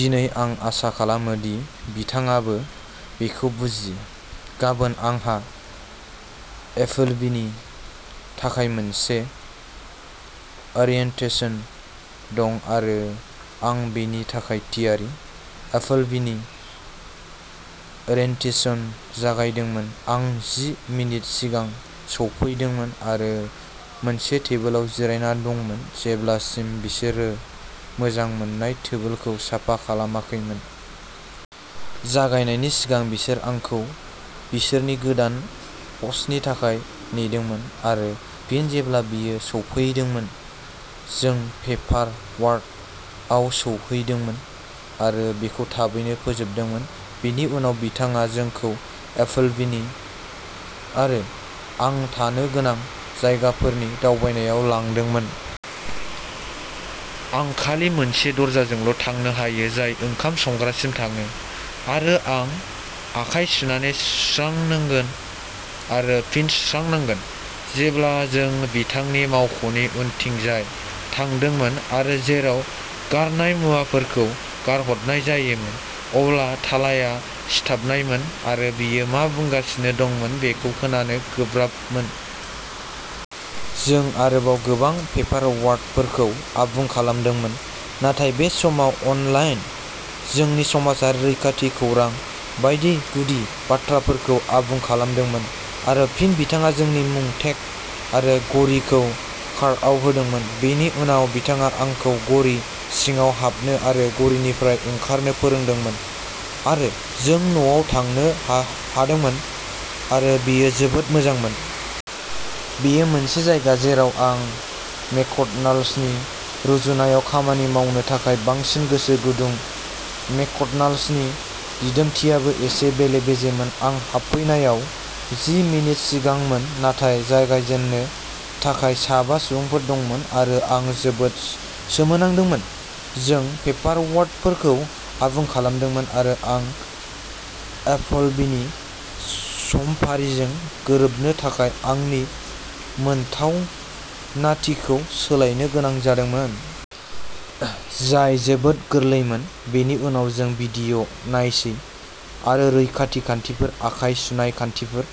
दिनै, आं आसा खालामो दि बिथाङाबो बेखौ बुजियो। गाबोन, आंहा एपलबिनि थाखाय मोनसे ओरियेन्टेशन दं आरो आं बेनि थाखाय थियारि। एपलबिनि ओरियेन्टेशन जागायदोंमोन। आं जि मिनिट सिगां सौफैदोंमोन आरो मोनसे टेबोलाव जिरायनान दंमोन जेब्लासिम बिसोरो मोजां मोन्नाय टेबोलखौ साफा खालामाखैमोन। जागायनायनि सिगां, बिसोर आंखौ बिसोरनि गोदान ह'स्टनि थाखाय नेदोंमोन आरो फिन जेब्ला बियो सौफैदोंमोन, जों पेपारवर्कआव सौहैदोंमोन आरो बेखौ थाबैनो फोजोबदोंमोन। बिनि उनाव बिथाङा जोंखौ एपलबिनि आरो आं थानो गोनां जायगाफोरनि दावबायनायाव लांदोंमोन। आं खालि मोनसे दरजाजोंल'थांनो हायो जाय ओंखाम संग्रासिम थाङो आरो आं आखाइ सुनानै सुस्रानांगोन आरो फिन सुस्रानांगोन। जेब्ला जों बिथांनि मावख'नि उनथिंजाय थांदोंमोन आरो जेराव गारनाय मुवाफोरखौ गारहरनाय जायोमोन, अब्ला थालाया सिथाबनायमोन आरो बियो मा बुंगासिनो दंमोन बेखौ खोनानो गोब्राबमोन। जों आरोबाव गोबां पेपारवर्कफोरखौ आबुं खालामदोंमोन, नाथाय बे समाव अनलाइन जोंनि समाजारि रैखाथि खौरां बायदि गुदि बाथ्राफोरखौ आबुं खालामदोंमोन आरो फिन बिथाङा जोंनि मुं टेग आरो घरिखौ कार्डआव होदोंमोन। बेनि उनाव, बिथाङा आंखौ घरि सिङाव हाबनो आरो घरिनिफ्राय ओंखारनो फोरोंदोंमोन आरो जों न'आव थांनो हादोंमोन आरो बेयो जोबोद मोजांमोन। बेयो मोनसे जायगा जेराव आं मेकड'नाल्ड्सनि रुजुनायाव खामानि मावनो थाखाय बांसिन गोसो गुदुं। मेकड'नाल्ड्सनि दिदोमथिआबो एसे बेले-बेजेमोन। आं हाबफैनायाव जि मिनिट सिगांमोन नाथाय जागायजेननो थाखाय साबा सुबुंफोर दंमोन आरो आं जोबोद सोमोनांदोंमोन। जों पेपारवर्कफोरखौ आबुं खालामदोंमोन आरो आं एपलबिनि समफारिजों गोरोबनो थाखाय आंनि मोनथावनाथिखौ सोलायनो गोनां जादोंमोन। जाय जोबोद गोरलैमोन। बेनि उनाव जों भिडिअ'नायसै आरो रैखाथि खान्थिफोर, आखाइ सुनाय खान्थिफोर,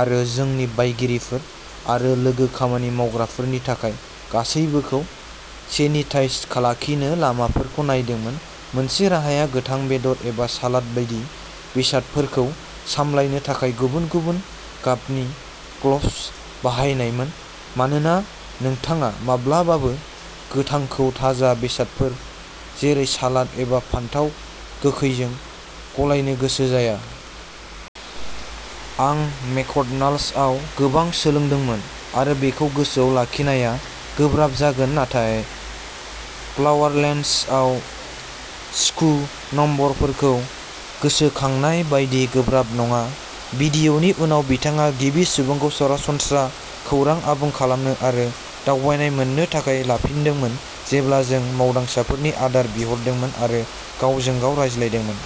आरो जोंनि बायगिरिफोर आरो लोगो खामानि मावग्राफोरनि थाखाय गासैबोखौ सेनिताइज लाखिनो लामाफोरखौ नायदोंमोन। मोनसे राहाया गोथां बेदर एबा सालाद बायदि बेसादफोरखौ सामलायनो थाखाय गुबुन-गुबुन गाबनि ग्लब्स बाहायनायमोन मानोना नोंथाङा माब्लाबाबो गोथांखौ ताजा बेसादफोर जेरै सालाद एबा फानथाव गोखैजों गलायनो गोसो जाया। आं मेकड'नाल्ड्सआव गोबां सोलोंदोंमोन आरो बेखौ गोसोआव लाखिनाया गोब्राब जागोन नाथाय फ्लावरलेन्डआव स्कु नम्बरफोरखौ गोसोखांनाय बायदि गोब्राब नङा। भिडिअ'नि उनाव बिथाङा गिबि सुबुंखौ सरासनस्रा खौरां आबुं खालामनो आरो दावबायनाय मोन्नो थाखाय लांफिनदोंमोन जेब्ला जों मावदांसाफोरनि आदार बिहरदोंमोन आरो गावजों-गाव रायज्लायदोंमोन।